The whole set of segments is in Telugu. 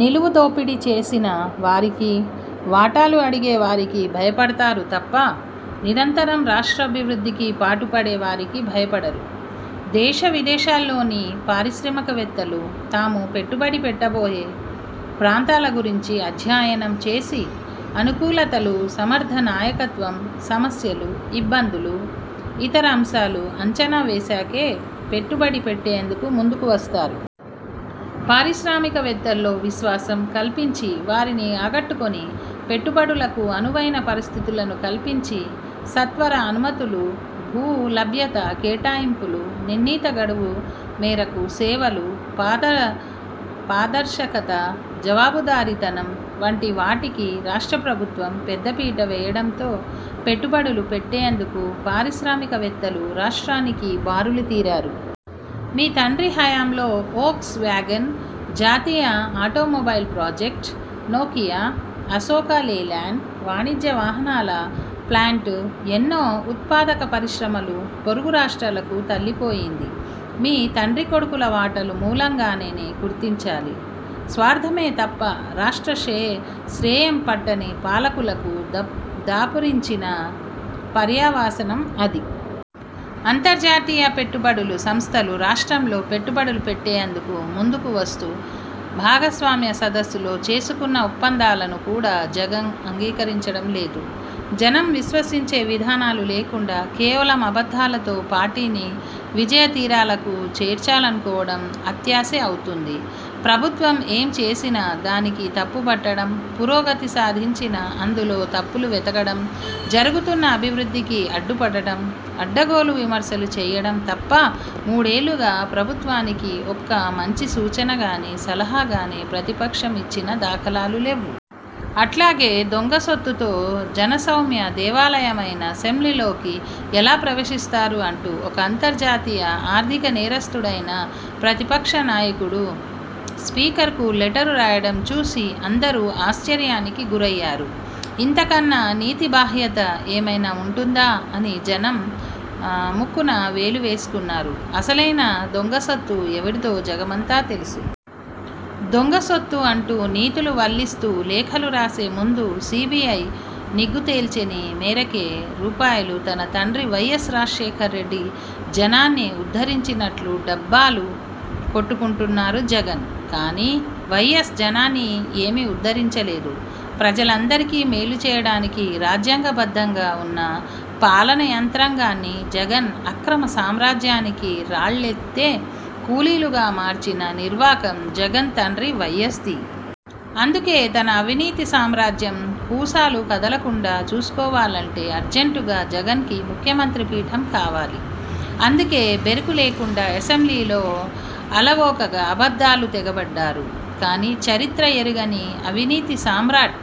నిలువు దోపిడీ చేసిన వారికి, వాటాలు అడిగే వారికి భయపడుతారు తప్ప నిరంతరం రాష్ట్రాభివృద్ధికి పాటుపడే వారికి భయపడరు. దేశ, విదేశాల్లోని పారిశ్రామికవేత్తలు తాము పెట్టుబడి పెట్టబోయే ప్రాంతాల గురించి అధ్యయనం చేసి అనుకూలతలు, సమర్ధ నాయకత్వం, సమస్యలు, ఇబ్బందులు, ఇతర అంశాలు అంచనా వేశాకే పెట్టుబడి పెట్టేందుకు ముందుకు వస్తారు. పారిశ్రామికవేత్తల్లో విశ్వాసం కల్పించి వారిని ఆకట్టుకొని పెట్టుబడులకు అనువైన పరిస్థితులను కల్పించి సత్వర అనుమతులు, భూ లభ్యత, కేటాయింపులు నిర్ణీత గడువు మేరకు సేవలు, పాత పారదర్శకత, జవాబుదారీతనం వంటి వాటికి రాష్ట్ర ప్రభుత్వం పెద్ద పీట వేయడంతో పెట్టుబడులు పెట్టేందుకు పారిశ్రామికవేత్తలు రాష్ట్రానికి బారులు తీరారు. మీ తండ్రి హయాంలో ఓక్స్ వ్యాగన్, జాతీయ automobile project, Nokia, Ashok Leyland వాణిజ్య వాహనాల ప్లాంట్, ఎన్నో ఉత్పాదక పరిశ్రమలు పొరుగు రాష్ట్రాలకు తరలిపోయింది మీ తండ్రి కొడుకుల వాటలు మూలంగానేనని గుర్తించాలి. స్వార్థమే తప్ప రాష్ట్ర శే శ్రేయం పట్టని పాలకులకు దప్ దాపురించిన పర్యవాసనం అది. అంతర్జాతీయ పెట్టుబడులు సంస్థలు రాష్ట్రంలో పెట్టుబడులు పెట్టేందుకు ముందుకు వస్తూ భాగస్వామ్య సదస్సులో చేసుకున్న ఒప్పందాలను కూడా జగన్ అంగీకరించడం లేదు. జనం విశ్వసించే విధానాలు లేకుండా కేవలం అబద్ధాలతో పార్టీని విజయ తీరాలకు చేర్చాలనుకోవడం అత్యాశే అవుతుంది. ప్రభుత్వం ఏం చేసినా దానికి తప్పుబట్టడం, పురోగతి సాధించినా అందులో తప్పులు వెతకడం, జరుగుతున్న అభివృద్ధికి అడ్డుపడటం, అడ్డగోలు విమర్శలు చేయడం తప్ప మూడేళ్లుగా ప్రభుత్వానికి ఒక్క మంచి సూచనగానీ, సలహా గానీ ప్రతిపక్షం ఇచ్చిన దాఖలాలు లేవు. అట్లాగే దొంగ సొత్తుతో జనస్వామ్య దేవాలయమైన అసెంబ్లీలోకి ఎలా ప్రవేశిస్తారు అంటూ ఒక అంతర్జాతీయ ఆర్థిక నేరస్థుడైన ప్రతిపక్ష నాయకుడు స్పీకర్కు లెటర్ రాయడం చూసి అందరూ ఆశ్చర్యానికి గురయ్యారు. ఇంతకన్నా నీతిబాహ్యత ఏమైనా వుంటుందా అని జనం ఆ ముక్కున వేలువేసుకున్నారు. అసలైన దొంగసొత్తు ఎవరిదో జగమంతా తెలుసు. దొంగసొత్తు అంటూ నీతులు వల్లిస్తూ లేఖలు రాసే ముందు సీబీఐ నిగ్గు తేల్చినే మేరకే రూపాయలు. తన తండ్రి వైఎస్ రాజశేఖర్ రెడ్డి జనాన్ని ఉద్ధరించినట్లు డబ్బాలు కొట్టుకుంటున్నారు జగన్. కానీ వైఎస్ జనాన్ని ఏమి ఉద్ధరించలేదు. ప్రజలందరికి మేలు చేయడానికి రాజ్యాంగబద్ధంగా వున్న పాలనా యంత్రాంగాన్ని జగన్ అక్రమ సామ్రాజ్యానికి రాళ్లేత్తే కూలీలుగా మార్చిన నిర్వాకం జగన్ తండ్రి వైఎస్ది. అందుకే తన అవినీతి సామ్రాజ్యం కూసాలు కదలకుండా చూసుకోవాలంటే అర్జెంటుగా జగన్ కి ముఖ్యమంత్రి పీఠం కావాలి. అందుకే బెరుకు లేకుండా అసెంబ్లీలో అలవోకగా అబద్ధాలు తెగబడ్డారు. కానీ చరిత్ర ఎరుగని అవినీతి సామ్రాట్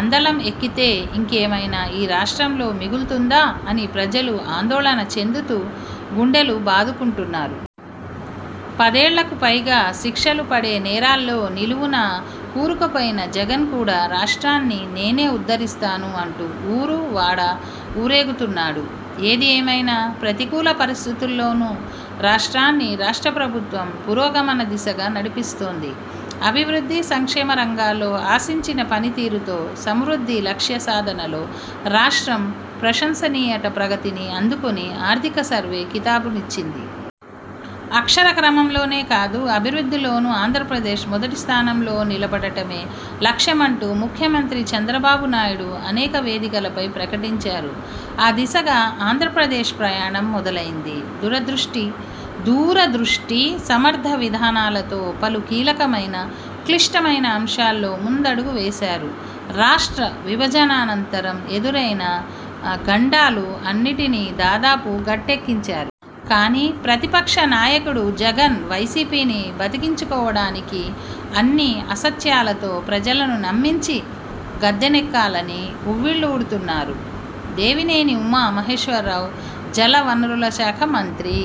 అందలం ఎక్కితే ఇంకేమైనా ఈ రాష్ట్రంలో మిగులుతుందా అని ప్రజలు ఆందోళన చెందుతూ గుండెలు బాదుకుంటున్నారు. పదేళ్లకు పైగా శిక్షలు పడే నేరాల్లో నిలువునా కూరుకుపోయిన జగన్ కూడా రాష్ట్రాన్ని నేనే ఉద్ధరిస్తాను అంటూ ఊరూ, వాడా ఊరేగుతున్నాడు. ఏది ఏమైనా ప్రతికూల పరిస్థితుల్లోనూ రాష్ట్రాన్ని రాష్ట్ర ప్రభుత్వం పురోగమన దిశగా నడిపిస్తుంది. అభివృద్ధి సంక్షేమ రంగాల్లో ఆశించిన పనితీరుతో సమవృద్ధి లక్ష్య సాధనలో రాష్ట్రం ప్రశంసనీయ ప్రగతిని అందుకుందని ఆర్థిక సర్వే కితాబునిచ్చింది. అక్షర క్రమంలోనే కాదు అభివృద్ధిలోను ఆంధ్రప్రదేశ్ మొదటి స్థానంలో నిలబడటమే లక్ష్యమంటూ ముఖ్యమంత్రి చంద్రబాబు నాయుడు అనేక వేదికలపై ప్రకటించారు. ఆ దిశగా ఆంధ్రప్రదేశ్ ప్రయాణం మొదలైంది. దురదృష్టి దూరదృష్టి, సమర్థ విధానాలతో పలు కీలకమైన, క్లిష్టమైన అంశాల్లో ముందడుగు వేశారు. రాష్ట్ర విభజనానంతరం ఎదురైన గండాలు అన్నిటినీ దాదాపు గట్టెక్కించారు. కానీ ప్రతిపక్ష నాయకుడు జగన్ వైసీపీని బతికించుకోవడానికి అన్ని అసత్యాలతో ప్రజలను నమ్మించి గద్దెనెక్కాలని ఉవ్విళ్లూరుతున్నారు. దేవినేని ఉమా మహేశ్వరరావ్ జల వనరుల శాఖ మంత్రి।